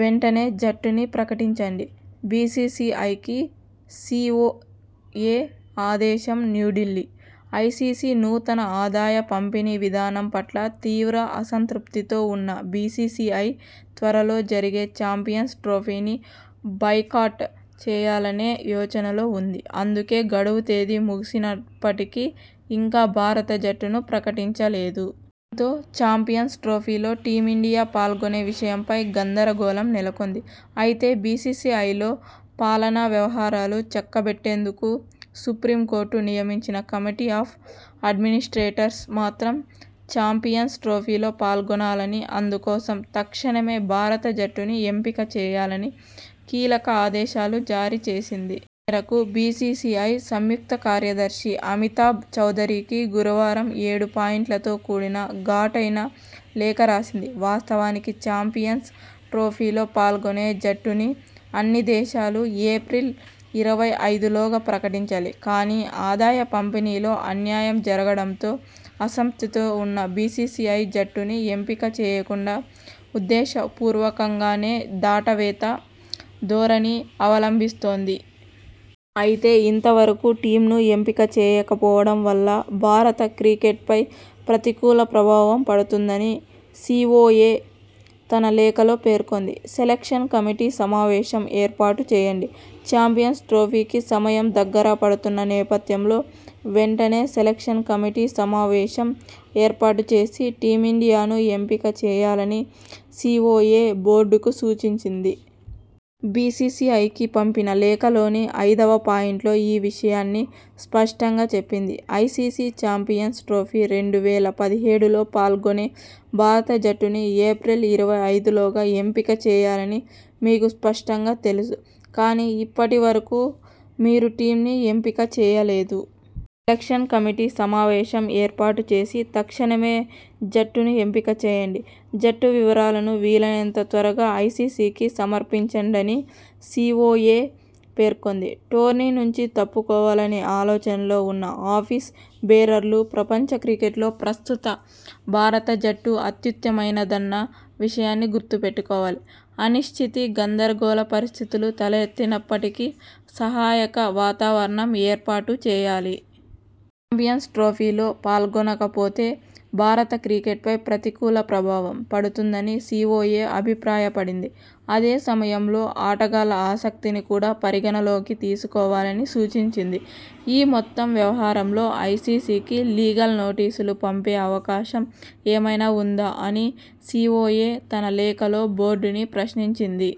వెంటనే జట్టుని ప్రకటించండి బీసీసీఐ కీ సీఓఏ ఆదేశంన్యూఢిల్లీ ఐసీసీ నూతన ఆదాయ పంపిణీ విధానం పట్ల తీవ్ర అసంతృప్తితో ఉన్న బీసీసీఐ త్వర లో జరిగే చాంపియన్స్ ట్రోఫీని బాయ్కాట్ చేయాలనే యోచనలో ఉంది. అందుకే గడువు తేదీ ముగిసిసినప్పటికీ ఇంకా భారత జట్టును ప్రకటించ లేదు. తో చాంపియన్స్ ట్రోఫీ లో టీమిండియా పాల్గొనే విషయంపై గందర గోళం నెలకొంది. అయితే బీసీసీఐ లో పా లనా వ్యవహారాలు చక్క బెట్టేందుకు సుప్రీం కోర్టు నియమించిన కమిటీ ఆఫ్ ఆడ్మినిస్ర్టేటర్స్ మాత్రం చాంపియన్స్ ట్రోఫీలో పాల్గొనాలని, అందుకోసం తక్షణమే భారత జట్టుని ఎంపిక చేయాలని కీలక ఆదేశాలు జారీచేసింది. ఈ మేరకు బీసీసీఐ సంయుక్త కార్యదర్శి అమితాబ్ చౌదరికి గురువారం ఏడు పాయింట్లతో కూడిన ఘాటైన లేఖ రాసింది. వాస్తవానికి చాంపియన్స్ ట్రోఫీలో పాల్గొనే జట్టుని అన్ని దేశాలూ ఏప్రిల్ ఇరవై ఐదులోగా ప్రకటించాలి. కానీ, ఆదాయ పంపిణీలో అన్యాయం జరగడంతో అసంతృప్తితో ఉన్న బీసీసీఐ జట్టుని ఎంపిక చేయకుండా ఉద్దేశ పూర్వకంగానే దాటవేత ధోరణి అవలంబిస్తోంది. అయితే ఇంతవరకూ టీమ్ను ఎంపిక చేయకపోవడం వల్ల భారత క్రికెట్పై ప్రతికూల ప్రభావం పడుతుందని సీఓఏ తన లేఖలో పేర్కొంది. సెలెక్షన్ కమిటీ సమావేశం ఏర్పాటు చేయండి చాంపియన్స్ ట్రోఫీకి సమయం దగ్గర పడుతున్న నేపథ్యంలో వెంటనే సెలెక్షన్ కమిటీ సమావేశం ఏర్పాటు చేసి టీమిండియాను ఎంపిక చేయాలని సీఓఏ బోర్డుకు సూచించింది. బీసీసీఐకి పంపిన లేఖలోని ఐదవ పాయింట్లో ఈ విషయాన్ని స్పష్టంగా చెప్పింది. ఐసీసీ చాంపియన్స్ ట్రోఫీ రెండు వేల పదిహేడులో పాల్గొనే భారత జట్టుని ఏప్రిల్ ఇరవై ఐదులోగా ఎంపిక చేయాలని మీకు స్పష్టంగా తెలుసు. కానీ ఇప్పటి వరకూ మీరు టీమ్ని ఎంపిక చేయలేదు. సెలెక్షన్ కమిటీ సమావేశం ఏర్పాటు చేసి తక్షణమే జట్టును ఎంపిక చేయండి. జట్టు వివరాలను వీలైనంత త్వరగా ఐసీసీకి సమర్పించండని సీఓఏ పేర్కొంది. టోర్నీ నుంచి తప్పుకోవాలనే ఆలోచనలో ఉన్న ఆఫీస్ బేరర్లు ప్రపంచ క్రికెట్లో ప్రస్తుత భారత జట్టు అత్యుత్తమైనదన్న విషయాన్ని గుర్తుపెట్టుకోవాలి. అనిశ్చితి, గందర గోళ పరిస్థితులు తలెత్తినప్పటికీ సహాయక వాతావరణం ఏర్పాటు చేయాలి. చాంపియన్స్ ట్రోఫీలో పాల్గొనక పోతే భారత క్రికెట్పై ప్రతికూల ప్రభావం పడుతుందని సీఓఏ అభిప్రాయ పడింది. అదే సమయంలో ఆటగాళ్ల ఆసక్తిని కూడా పరిగణనలోకి తీసుకోవాలని సూచించింది. ఈ మొత్తం వ్యవహారంలో ఐసీసీకి లీగల్ నోటీసులు పంపే అవకాశం ఏమైనా ఉందా అని సీఓఏ తన లేఖలో బోర్డుని ప్రశ్నించింది.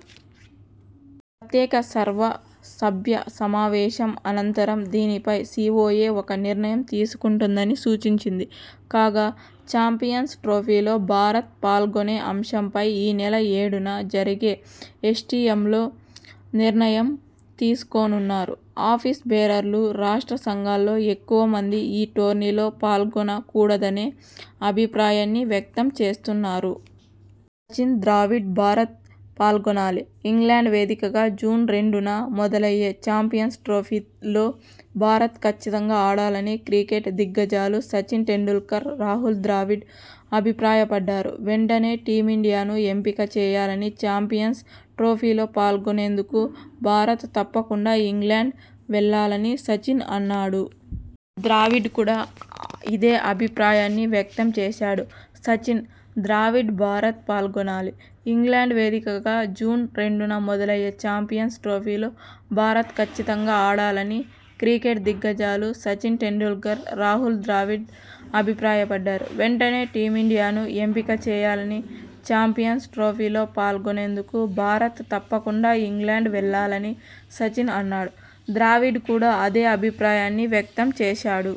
ప్రత్యేక సర్వసభ్య సమావేశం అనంతరం దీనిపై సీఓఏ ఒక నిర్ణయం తీసుకుంటుందని సూచించింది. కాగా చాంపియన్స్ ట్రోఫీలో భారత్ పాల్గొనే అంశంపై ఈ నెల ఏడున జరిగే ఎస్టిఎంలో నిర్ణయం తీసుకోనున్నారు. ఆఫీస్ బేరర్లు, రాష్ట్ర సంఘాల్లో ఎక్కువ మంది ఈ టోర్నీలో పాల్గొన కూడదనే అభిప్రాయాన్ని వ్యక్తం చేస్తున్నారు. సచిన్, ద్రావిడ్ భారత్ పాల్గొనాలి! ఇంగ్లండ్ వేదికగా జూన్ రెండున మొదలయ్యే చాంపియన్స్ ట్రోఫీలో భారత్ కచ్చితంగా ఆడాలని క్రికెట్ దిగ్గజాలు సచిన్ టెండూల్కర్, రాహుల్ ద్రావిడ్ అభిప్రాయ పడ్డారు. వెంటనే టీమిండియాను ఎంపిక చేయాలని, చాంపియన్స్ ట్రోఫీలో పాల్గొనేందుకు భారత్ తప్పకుండా ఇంగ్లండ్ వెళ్లాలని సచిన్ అన్నాడు. ద్రావిడ్ కూడా ఇదే అభిప్రాయాన్ని వ్యక్తం చేశాడు. సచిన్, ద్రావిడ్ భారత్ పాల్గొనాలి! ఇంగ్లండ్ వేదికగా జూన్ రెండున మొదలయ్యే చాంపియన్స్ ట్రోఫీలో భారత్ కచ్చితంగా ఆడాలని క్రికెట్ దిగ్గజాలు సచిన్ టెండూల్కర్, రాహుల్ ద్రావిడ్ అభిప్రాయ పడ్డారు. వెంటనే టీమిండియాను ఎంపిక చేయాలని, చాంపియన్స్ ట్రోఫీలో పాల్గొనేందుకు భారత్ తప్పకుండా ఇంగ్లండ్ వెళ్లాలని సచిన్ అన్నాడు. ద్రావిడ్ కూడా అదే అభిప్రాయాన్ని వ్యక్తం చేశాడు.